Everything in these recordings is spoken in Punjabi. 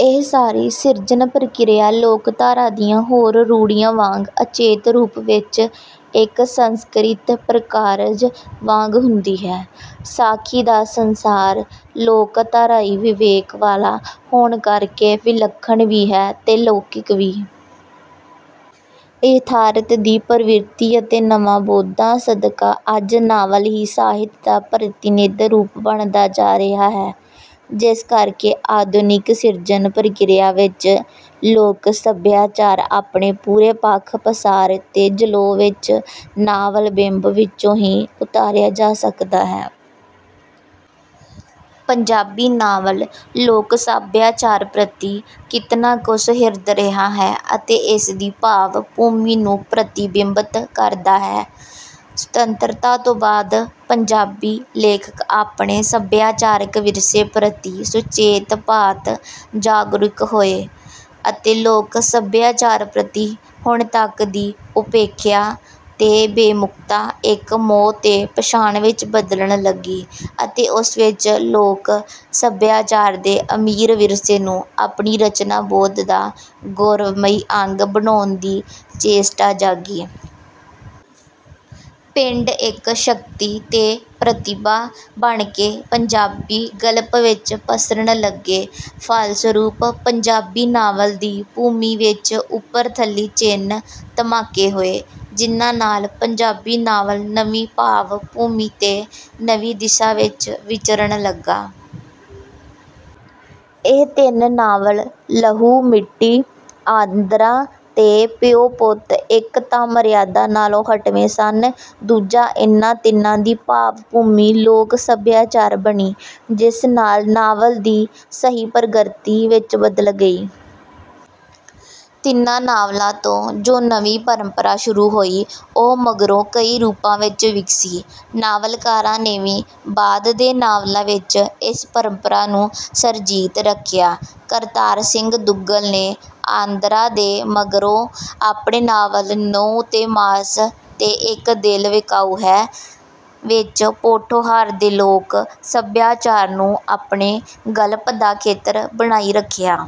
ਇਹ ਸਾਰੀ ਸਿਰਜਣ ਪ੍ਰਕਿਰਿਆ ਲੋਕ ਧਾਰਾ ਦੀਆਂ ਹੋਰ ਰੂੜ੍ਹੀਆਂ ਵਾਂਗ ਅਚੇਤ ਰੂਪ ਵਿੱਚ ਇੱਕ ਸੰਸਕ੍ਰਿਤਿਕ ਪ੍ਰਕਾਰਜ ਵਾਂਗ ਹੁੰਦੀ ਹੈ। ਸਾਖੀ ਦਾ ਸੰਸਾਰ ਲੋਕ ਧਾਰਾਈ ਵਿਵੇਕ ਵਾਲਾ ਹੋਣ ਕਰਕੇ ਵਿਲਖਣ ਵੀ ਹੈ ਤੇ ਲੋਕਿਕ ਵੀ। ਯਥਾਰਥ ਦੀ ਪ੍ਰਵਿਰਤੀ ਅਤੇ ਨਵੇਂ ਬੋਧਾਂ ਸਦਕਾ ਅੱਜ ਨਾਵਲ ਹੀ ਸਾਹਿਤ ਦਾ ਪ੍ਰਤਿਨਿਧ ਰੂਪ ਬਣਦਾ ਜਾ ਰਿਹਾ ਹੈ। ਜਿਸ ਕਰਕੇ ਆਧੁਨਿਕ ਸਿਰਜਣ ਪ੍ਰਕਿਰਿਆ ਵਿੱਚ ਲੋਕ ਸਭਿਆਚਾਰ ਆਪਣੇ ਪੂਰੇ ਪੱਖ ਪਸਾਰ ਤੇ ਜਲੌਅ ਵਿੱਚ ਨਾਵਲ ਬਿੰਬ ਵਿੱਚੋਂ ਹੀ ਉਤਾਰਿਆ ਜਾ ਸਕਦਾ ਹੈ। ਪੰਜਾਬੀ ਨਾਵਲ ਲੋਕ ਸਭਿਆਚਾਰ ਪ੍ਰਤੀ ਕਿਤਨਾ ਕੁ ਸੁਹਿਰਦ ਰਿਹਾ ਹੈ ਅਤੇ ਇਸਦੀ ਭਾਵ ਭੂਮੀ ਨੂੰ ਪ੍ਰਤਿਬਿੰਬਤ ਕਰਦਾ ਹੈ। ਸੁਤੰਤਰਤਾ ਤੋਂ ਬਾਅਦ ਪੰਜਾਬੀ ਲੇਖਕ ਆਪਣੇ ਸਭਿਆਚਾਰਕ ਵਿਰਸੇ ਪ੍ਰਤੀ ਸੁਚੇਤ ਭਾਂਤ ਜਾਗਰੂਕ ਹੋਏ ਅਤੇ ਲੋਕ ਸਭਿਆਚਾਰ ਪ੍ਰਤੀ ਹੁਣ ਤੱਕ ਦੀ ਉਪੇਖਿਆ ਤੇ ਬੇਮੁੱਖਤਾ ਇੱਕ ਮੋਹ ਤੇ ਪਛਾਣ ਵਿੱਚ ਬਦਲਣ ਲੱਗੀ ਅਤੇ ਉਸ ਵਿੱਚ ਲੋਕ ਸਭਿਆਚਾਰ ਦੇ ਅਮੀਰ ਵਿਰਸੇ ਨੂੰ ਆਪਣੀ ਰਚਨਾ ਬੋਧ ਦਾ ਗੌਰਵਮਈ ਅੰਗ ਬਨਾਉਣ ਦੀ ਚੇਸ਼ਟਾ ਜਾਗੀ। ਪਿੰਡ ਇੱਕ ਸ਼ਕਤੀ ਤੇ ਪ੍ਰਤਿਭਾ ਬਣ ਕੇ ਪੰਜਾਬੀ ਗਲਪ ਵਿੱਚ ਪਸਰਨ ਲੱਗੇ। ਫਲਸਰੂਪ ਪੰਜਾਬੀ ਨਾਵਲ ਦੀ ਭੂਮੀ ਵਿੱਚ ਉੱਪਰ ਥੱਲੀ ਚਿੰਨ ਧਮਾਕੇ ਹੋਏ। ਜਿਨ੍ਹਾਂ ਨਾਲ ਪੰਜਾਬੀ ਨਾਵਲ ਨਵੀਂ ਭਾਵ ਭੂਮੀ ਤੇ ਨਵੀਂ ਦਿਸ਼ਾ ਵਿੱਚ ਵਿਚਰਣ ਲੱਗਾ। ਇਹ ਤਿੰਨ ਨਾਵਲ ਲਹੂ ਮਿੱਟੀ, ਆਂਦਰਾਂ ਅਤੇ ਪਿਉ ਪੁੱਤ ਇੱਕ ਤਾਂ ਮਰਿਆਦਾ ਨਾਲੋਂ ਹਟਵੇਂ ਸਨ, ਦੂਜਾ ਇਨ੍ਹਾਂ ਤਿੰਨਾਂ ਦੀ ਭਾਵ ਭੂਮੀ ਲੋਕ ਸਭਿਆਚਾਰ ਬਣੀ, ਜਿਸ ਨਾਲ ਨਾਵਲ ਦੀ ਸਹੀ ਪ੍ਰਗਤੀ ਵਿੱਚ ਬਦਲ ਗਈ। ਤਿੰਨਾਂ ਨਾਵਲਾਂ ਤੋਂ ਜੋ ਨਵੀਂ ਪਰੰਪਰਾ ਸ਼ੁਰੂ ਹੋਈ ਉਹ ਮਗਰੋਂ ਕਈ ਰੂਪਾਂ ਵਿੱਚ ਵਿਗਸੀ। ਨਾਵਲਕਾਰਾਂ ਨੇ ਵੀ ਬਾਅਦ ਦੇ ਨਾਵਲਾਂ ਵਿੱਚ ਇਸ ਪਰੰਪਰਾ ਨੂੰ ਸਰਜੀਤ ਰੱਖਿਆ। ਕਰਤਾਰ ਸਿੰਘ ਦੁੱਗਲ ਨੇ ਆਂਦਰਾਂ ਦੇ ਮਗਰੋਂ ਆਪਣੇ ਨਾਵਲ ਨਹੁੰ ਤੇ ਮਾਸ ਤੇ ਇੱਕ ਦਿਲ ਵਿਕਾਊ ਹੈ ਵਿੱਚ ਪੋਠੋਹਾਰ ਦੇ ਲੋਕ ਸਭਿਆਚਾਰ ਨੂੰ ਆਪਣੇ ਗਲਪ ਦਾ ਖੇਤਰ ਬਣਾਈ ਰੱਖਿਆ।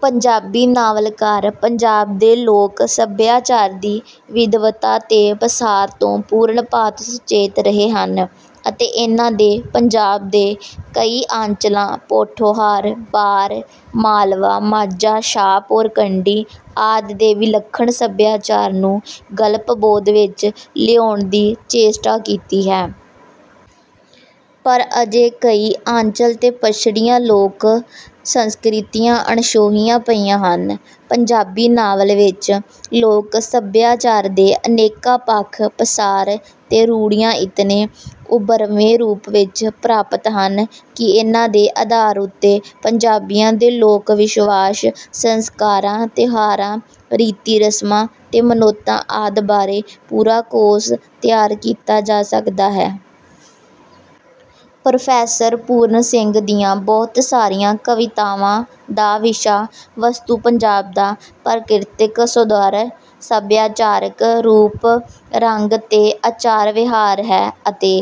ਪੰਜਾਬੀ ਨਾਵਲਕਾਰ ਪੰਜਾਬ ਦੇ ਲੋਕ ਸਭਿਆਚਾਰ ਦੀ ਵਿਦਵਤਾ ਤੇ ਪਸਾਰ ਤੋਂ ਪੂਰਨ ਭਾਂਤ ਸੁਚੇਤ ਰਹੇ ਹਨ ਅਤੇ ਇਨ੍ਹਾਂ ਨੇ ਪੰਜਾਬ ਦੇ ਕਈ ਆਂਚਲਾਂ ਪੋਠੋਹਾਰ, ਬਾਰ, ਮਾਲਵਾ, ਮਾਝਾ, ਸ਼ਾਹਪੁਰ ਕੰਡੀ, ਆਦਿ ਦੇ ਵਿਲੱਖਣ ਸਭਿਆਚਾਰਾਂ ਨੂੰ ਗਲਪ ਬੋਧ ਵਿੱਚ ਲਿਆਉਣ ਦੀ ਚੇਸ਼ਟਾ ਕੀਤੀ ਹੈ। ਪਰ ਅਜੇ ਕਈ ਆਂਚਲ ਅਤੇ ਪਛੜੀਆਂ ਲੋਕ ਸੰਸਕ੍ਰਿਤੀਆਂ ਅਣਛੋਹੀਆਂ ਪਈਆਂ ਹਨ। ਪੰਜਾਬੀ ਨਾਵਲ ਵਿੱਚ ਲੋਕ ਸਭਿਆਚਾਰ ਦੇ ਅਨੇਕਾਂ ਪੱਖ ਪਸਾਰ ਤੇ ਰੂੜ੍ਹੀਆਂ ਇਤਨੇ ਉਭਰਵੇਂ ਰੂਪ ਵਿੱਚ ਪ੍ਰਾਪਤ ਹਨ ਕਿ ਇਨ੍ਹਾਂ ਦੇ ਆਧਾਰ ਉੱਤੇ ਪੰਜਾਬੀਆਂ ਦੇ ਲੋਕ ਵਿਸ਼ਵਾਸ, ਸੰਸਕਾਰਾਂ, ਤਿਉਹਾਰਾਂ, ਰੀਤਾਂ ਰਸਮਾਂ ਤੇ ਮਨੌਤਾਂ ਆਦਿ ਬਾਰੇ ਪੂਰਾ ਕੋਸ਼ ਤਿਆਰ ਕੀਤਾ ਜਾ ਸਕਦਾ ਹੈ। ਪ੍ਰੋਫੈਸਰ ਪੂਰਨ ਸਿੰਘ ਦੀਆਂ ਬਹੁਤ ਸਾਰੀਆਂ ਕਵਿਤਾਵਾਂ ਦਾ ਵਿਸ਼ਾ ਵਸਤੂ ਪੰਜਾਬ ਦਾ ਪ੍ਰਾਕਿਰਤਕ ਸੌਂਦਰਯ, ਸਭਿਆਚਾਰਕ ਰੂਪ ਰੰਗ ਅਤੇ ਆਚਾਰ ਵਿਹਾਰ ਹੈ ਅਤੇ